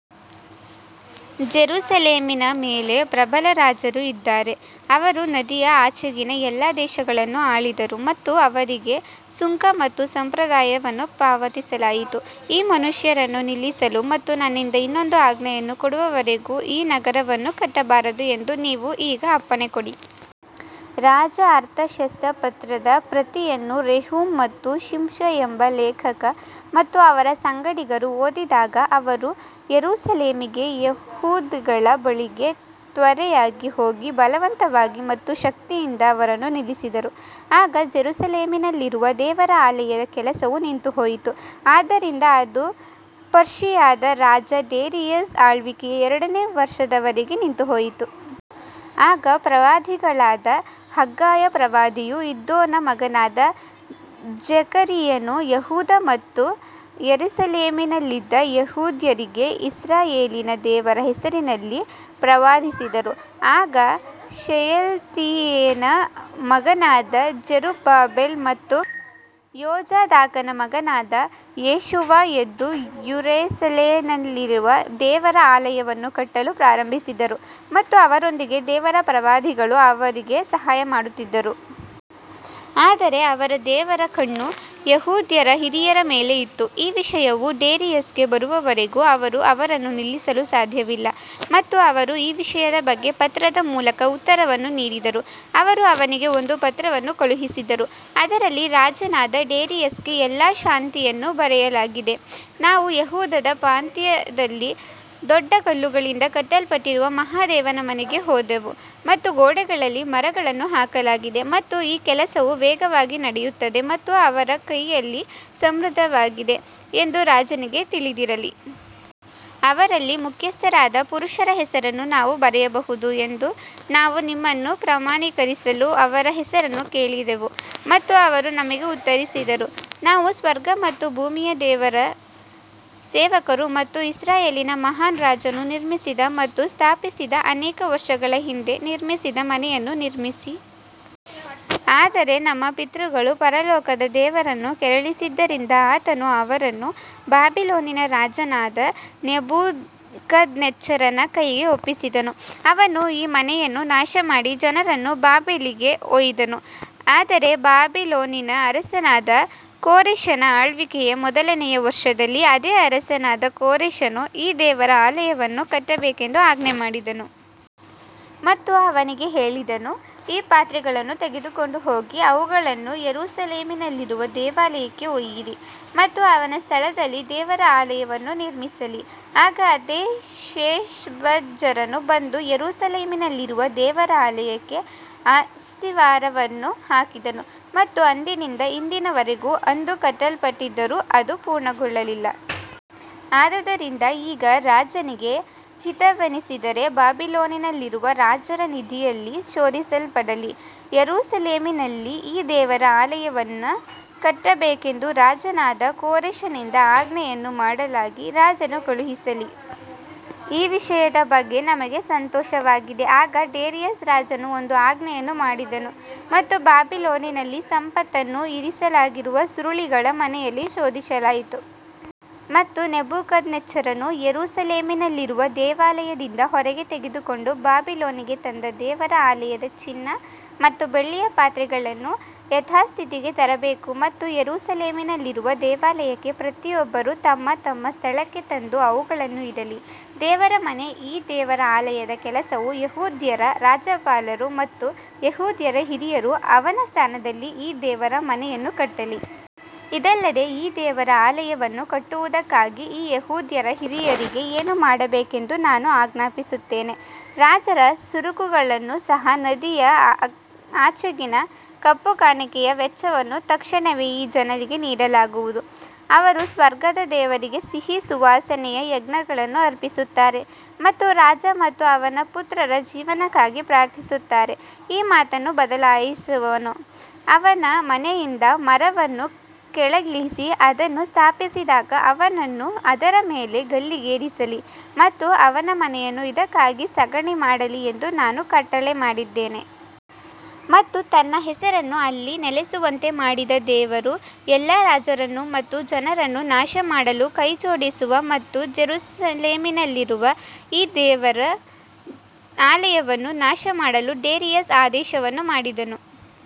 ಜೆರುಸಲೇಮಿನ ಮೇಲೆ ಪ್ರಬಲ ರಾಜರು ಇದ್ದಾರೆ, ಅವರು ನದಿಯ ಆಚೆಗಿನ ಎಲ್ಲಾ ದೇಶಗಳನ್ನು ಆಳಿದರು ಮತ್ತು ಅವರಿಗೆ ಸುಂಕ ಮತ್ತು ಸಂಪ್ರದಾಯವನ್ನು ಪಾವತಿಸಲಾಯಿತು. ಈ ಮನುಷ್ಯರನ್ನು ನಿಲ್ಲಿಸಲು ಮತ್ತು ನನ್ನಿಂದ ಇನ್ನೊಂದು ಆಜ್ಞೆಯನ್ನು ಕೊಡುವವರೆಗೂ ಈ ನಗರವನ್ನು ಕಟ್ಟಬಾರದು ಎಂದು ನೀವು ಈಗ ಅಪ್ಪಣೆ ಕೊಡಿ. ರಾಜ ಅರ್ತಷಸ್ತ ಪತ್ರದ ಪ್ರತಿಯನ್ನು ರೆಹೂಮ್ ಮತ್ತು ಶಿಂಶೈ ಎಂಬ ಲೇಖಕ ಮತ್ತು ಅವರ ಸಂಗಡಿಗರು ಓದಿದಾಗ ಅವರು ಯೆರೂಸಲೇಮಿಗೆ ಯಹೂದಿಗಳ ಬಳಿಗೆ ತ್ವರೆಯಾಗಿ ಹೋಗಿ ಬಲವಂತವಾಗಿ ಮತ್ತು ಶಕ್ತಿಯಿಂದ ಅವರನ್ನು ನಿಲ್ಲಿಸಿದರು. ಆಗ ಜೆರುಸಲೇಮಿನಲ್ಲಿರುವ ದೇವರ ಆಲಯದ ಕೆಲಸವು ನಿಂತುಹೋಯಿತು, ಆದ್ದರಿಂದ ಅದು ಪರ್ಷಿಯಾದ ರಾಜ ಡೇರಿಯಸ್ ಆಳ್ವಿಕೆಯ ಎರಡನೇ ವರ್ಷದವರೆಗೆ ನಿಂತುಹೋಯಿತು. ಆಗ ಪ್ರವಾದಿಗಳಾದ ಹಗ್ಗಾಯ ಪ್ರವಾದಿಯೂ ಇದ್ದೋನ ಮಗನಾದ ಜೆಕರೀಯನೂ ಯೆಹೂದ ಮತ್ತು ಯೆರೂಸಲೇಮಿನಲ್ಲಿದ್ದ ಯೆಹೂದ್ಯರಿಗೆ ಇಸ್ರಾಯೇಲಿನ ದೇವರ ಹೆಸರಿನಲ್ಲಿ ಪ್ರವಾದಿಸಿದರು. ಆಗ ಶೆಯಲ್ತೀಯೇಲನ ಮಗನಾದ ಜೆರುಬ್ಬಾಬೆಲ್ ಮತ್ತು ಯೋಜಾದಾಕನ ಮಗನಾದ ಯೇಷುವಾ ಎದ್ದು ಯೆರೂಸಲೇಮಿನಲ್ಲಿರುವ ದೇವರ ಆಲಯವನ್ನು ಕಟ್ಟಲು ಪ್ರಾರಂಭಿಸಿದರು ಮತ್ತು ಅವರೊಂದಿಗೆ ದೇವರ ಪ್ರವಾದಿಗಳು ಅವರಿಗೆ ಸಹಾಯಮಾಡುತ್ತಿದ್ದರು. ಆದರೆ ಅವರ ದೇವರ ಕಣ್ಣು ಯೆಹೂದ್ಯರ ಹಿರಿಯರ ಮೇಲೆ ಇತ್ತು, ಈ ವಿಷಯವು ಡೇರಿಯಸ್ಗೆ ಬರುವವರೆಗೂ ಅವರು ಅವರನ್ನು ನಿಲ್ಲಿಸಲು ಸಾಧ್ಯವಿಲ್ಲ ಮತ್ತು ಅವರು ಈ ವಿಷಯದ ಬಗ್ಗೆ ಪತ್ರದ ಮೂಲಕ ಉತ್ತರವನ್ನು ನೀಡಿದರು. ಅವರು ಅವನಿಗೆ ಒಂದು ಪತ್ರವನ್ನು ಕಳುಹಿಸಿದರು, ಅದರಲ್ಲಿ ರಾಜನಾದ ಡೇರಿಯಸ್ಗೆ ಎಲ್ಲಾ ಶಾಂತಿಯನ್ನು ಬರೆಯಲಾಗಿದೆ ನಾವು ಯೆಹೂದದ ಪ್ರಾಂತ್ಯದಲ್ಲಿ ದೊಡ್ಡ ಕಲ್ಲುಗಳಿಂದ ಕಟ್ಟಲ್ಪಟ್ಟಿರುವ ಮಹಾದೇವನ ಮನೆಗೆ ಹೋದೆವು ಮತ್ತು ಗೋಡೆಗಳಲ್ಲಿ ಮರಗಳನ್ನು ಹಾಕಲಾಗಿದೆ ಮತ್ತು ಈ ಕೆಲಸವು ವೇಗವಾಗಿ ನಡೆಯುತ್ತದೆ ಮತ್ತು ಅವರ ಕೈಯಲ್ಲಿ ಸಮೃದ್ಧವಾಗಿದೆ ಎಂದು ರಾಜನಿಗೆ ತಿಳಿದಿರಲಿ. ಅವರಲ್ಲಿ ಮುಖ್ಯಸ್ಥರಾದ ಪುರುಷರ ಹೆಸರನ್ನು ನಾವು ಬರೆಯಬಹುದು ಎಂದು ನಾವು ನಿಮ್ಮನ್ನು ಪ್ರಮಾಣೀಕರಿಸಲು ಅವರ ಹೆಸರನ್ನು ಕೇಳಿದೆವು. ಮತ್ತು ಅವರು ನಮಗೆ ಉತ್ತರಿಸಿದರು, ನಾವು ಸ್ವರ್ಗ ಮತ್ತು ಭೂಮಿಯ ದೇವರ ಸೇವಕರು ಮತ್ತು ಇಸ್ರಾಯೇಲಿನ ಮಹಾನ್ ರಾಜನು ನಿರ್ಮಿಸಿದ ಮತ್ತು ಸ್ಥಾಪಿಸಿದ ಅನೇಕ ವರ್ಷಗಳ ಹಿಂದೆ ನಿರ್ಮಿಸಿದ ಮನೆಯನ್ನು ನಿರ್ಮಿಸಿ. ಆದರೆ ನಮ್ಮ ಪಿತೃಗಳು ಪರಲೋಕದ ದೇವರನ್ನು ಕೆರಳಿಸಿದ್ದರಿಂದ ಆತನು ಅವರನ್ನು ಬಾಬಿಲೋನಿನ ರಾಜನಾದ ನೆಬೂಕದ್ನೆಚ್ಚರನ ಕೈಗೆ ಒಪ್ಪಿಸಿದನು, ಅವನು ಈ ಮನೆಯನ್ನು ನಾಶಮಾಡಿ ಜನರನ್ನು ಬಾಬೆಲಿಗೆ ಒಯ್ದನು. ಆದರೆ ಬಾಬಿಲೋನಿನ ಅರಸನಾದ ಕೋರೆಷನ ಆಳ್ವಿಕೆಯ ಮೊದಲನೆಯ ವರ್ಷದಲ್ಲಿ ಅದೇ ಅರಸನಾದ ಕೋರೆಷನು ಈ ದೇವರ ಆಲಯವನ್ನು ಕಟ್ಟಬೇಕೆಂದು ಆಜ್ಞೆ ಮಾಡಿದನು. ಮತ್ತು ಅವನಿಗೆ ಹೇಳಿದನು, ಈ ಪಾತ್ರೆಗಳನ್ನು ತೆಗೆದುಕೊಂಡು ಹೋಗಿ ಅವುಗಳನ್ನು ಯೆರೂಸಲೇಮಿನಲ್ಲಿರುವ ದೇವಾಲಯಕ್ಕೆ ಒಯ್ಯಿರಿ ಮತ್ತು ಅವನ ಸ್ಥಳದಲ್ಲಿ ದೇವರ ಆಲಯವನ್ನು ನಿರ್ಮಿಸಲಿ. ಆಗ ಅದೇ ಶೇಷ್ಬಜ್ಜರನು ಬಂದು ಯೆರೂಸಲೇಮಿನಲ್ಲಿರುವ ದೇವರ ಆಲಯಕ್ಕೆ ಅಸ್ತಿವಾರವನ್ನು ಹಾಕಿದನು ಮತ್ತು ಅಂದಿನಿಂದ ಇಂದಿನ ವರೆಗೂ ಅದು ಕಟ್ಟಲ್ಪಟ್ಟಿದ್ದರೂ ಅದು ಪೂರ್ಣಗೊಳ್ಳಲಿಲ್ಲ. ಆದದರಿಂದ ಈಗ ರಾಜನಿಗೆ ಹಿತವೆನಿಸಿದರೆ ಬಾಬಿಲೋನಿನಲ್ಲಿರುವ ರಾಜರ ನಿಧಿಯಲ್ಲಿ ಶೋಧಿಸಲ್ಪಡಲಿ, ಯೆರೂಸಲೇಮಿನಲ್ಲಿ ಈ ದೇವರ ಆಲಯವನ್ನು ಕಟ್ಟಬೇಕೆಂದು ರಾಜನಾದ ಕೋರೆಷನಿಂದ ಆಜ್ಞೆಯನ್ನು ಮಾಡಲಾಗಿ ರಾಜನು ಕಳುಹಿಸಲಿ. ಈ ವಿಷಯದ ಬಗ್ಗೆ ನಮಗೆ ಸಂತೋಷವಾಗಿದೆ ಆಗ ಡೇರಿಯಸ್ ರಾಜನು ಒಂದು ಆಜ್ಞೆಯನ್ನು ಮಾಡಿದನು ಮತ್ತು ಬಾಬಿಲೋನಿನಲ್ಲಿ ಸಂಪತ್ತನ್ನು ಇರಿಸಲಾಗಿರುವ ಸುರುಳಿಗಳ ಮನೆಯಲ್ಲಿ ಶೋಧಿಸಲಾಯಿತು. ಮತ್ತು ನೆಬೂಕದ್ನೆಚ್ಚರನು ಯೆರೂಸಲೇಮಿನಲ್ಲಿರುವ ದೇವಾಲಯದಿಂದ ಹೊರಗೆ ತೆಗೆದುಕೊಂಡು ಬಾಬಿಲೋನಿಗೆ ತಂದ ದೇವರ ಆಲಯದ ಚಿನ್ನ ಮತ್ತು ಬೆಳ್ಳಿಯ ಪಾತ್ರೆಗಳನ್ನು ಯಥಾಸ್ಥಿತಿಗೆ ತರಬೇಕು ಮತ್ತು ಯೆರೂಸಲೇಮಿನಲ್ಲಿರುವ ದೇವಾಲಯಕ್ಕೆ ಪ್ರತಿಯೊಬ್ಬರು ತಮ್ಮ ತಮ್ಮ ಸ್ಥಳಕ್ಕೆ ತಂದು ಅವುಗಳನ್ನು ಇಡಲಿ. ದೇವರ ಮನೆ ಈ ದೇವರ ಆಲಯದ ಕೆಲಸವು ಯೆಹೂದ್ಯರ ರಾಜ್ಯಪಾಲರು ಮತ್ತು ಯೆಹೂದ್ಯರ ಹಿರಿಯರು ಅವನ ಸ್ಥಾನದಲ್ಲಿ ಈ ದೇವರ ಮನೆಯನ್ನು ಕಟ್ಟಲಿ. ಇದಲ್ಲದೆ ಈ ದೇವರ ಆಲಯವನ್ನು ಕಟ್ಟುವುದಕ್ಕಾಗಿ ಈ ಯೆಹೂದ್ಯರ ಹಿರಿಯರಿಗೆ ಏನು ಮಾಡಬೇಕೆಂದು ನಾನು ಆಜ್ಞಾಪಿಸುತ್ತೇನೆ, ರಾಜರ ಸರಕುಗಳನ್ನು ಸಹ ನದಿಯ ಆಚೆಗಿನ ಕಪ್ಪಕಾಣಿಕೆಯ ವೆಚ್ಚವನ್ನು ತಕ್ಷಣವೇ ಈ ಜನರಿಗೆ ನೀಡಲಾಗುವುದು. ಅವರು ಸ್ವರ್ಗದ ದೇವರಿಗೆ ಸಿಹಿ ಸುವಾಸನೆಯ ಯಜ್ಞಗಳನ್ನು ಅರ್ಪಿಸುತ್ತಾರೆ ಮತ್ತು ರಾಜ ಮತ್ತು ಅವನ ಪುತ್ರರ ಜೀವನಕ್ಕಾಗಿ ಪ್ರಾರ್ಥಿಸುತ್ತಾರೆ ಈ ಮಾತನ್ನು ಬದಲಾಯಿಸುವವನು ಅವನ ಮನೆಯಿಂದ ಮರವನ್ನು ಕೆಳಗಿಳಿಸಿ ಅದನ್ನು ಸ್ಥಾಪಿಸಿದಾಗ ಅವನನ್ನು ಅದರ ಮೇಲೆ ಗಲ್ಲಿಗೇರಿಸಲಿ ಮತ್ತು ಅವನ ಮನೆಯನ್ನು ಇದಕ್ಕಾಗಿ ಸಗಣಿ ಮಾಡಲಿ ಎಂದು ನಾನು ಕಟ್ಟಳೆ ಮಾಡಿದ್ದೇನೆ. ಮತ್ತು ತನ್ನ ಹೆಸರನ್ನು ಅಲ್ಲಿ ನೆಲೆಸುವಂತೆ ಮಾಡಿದ ದೇವರು ಎಲ್ಲಾ ರಾಜರನ್ನು ಮತ್ತು ಜನರನ್ನು ನಾಶಮಾಡಲು ಕೈಜೋಡಿಸುವ ಮತ್ತು ಜೆರುಸಲೇಮಿನಲ್ಲಿರುವ ಈ ದೇವರ ಆಲಯವನ್ನು ನಾಶಮಾಡಲು ಡೇರಿಯಸ್ ಆದೇಶವನ್ನು ಮಾಡಿದನು.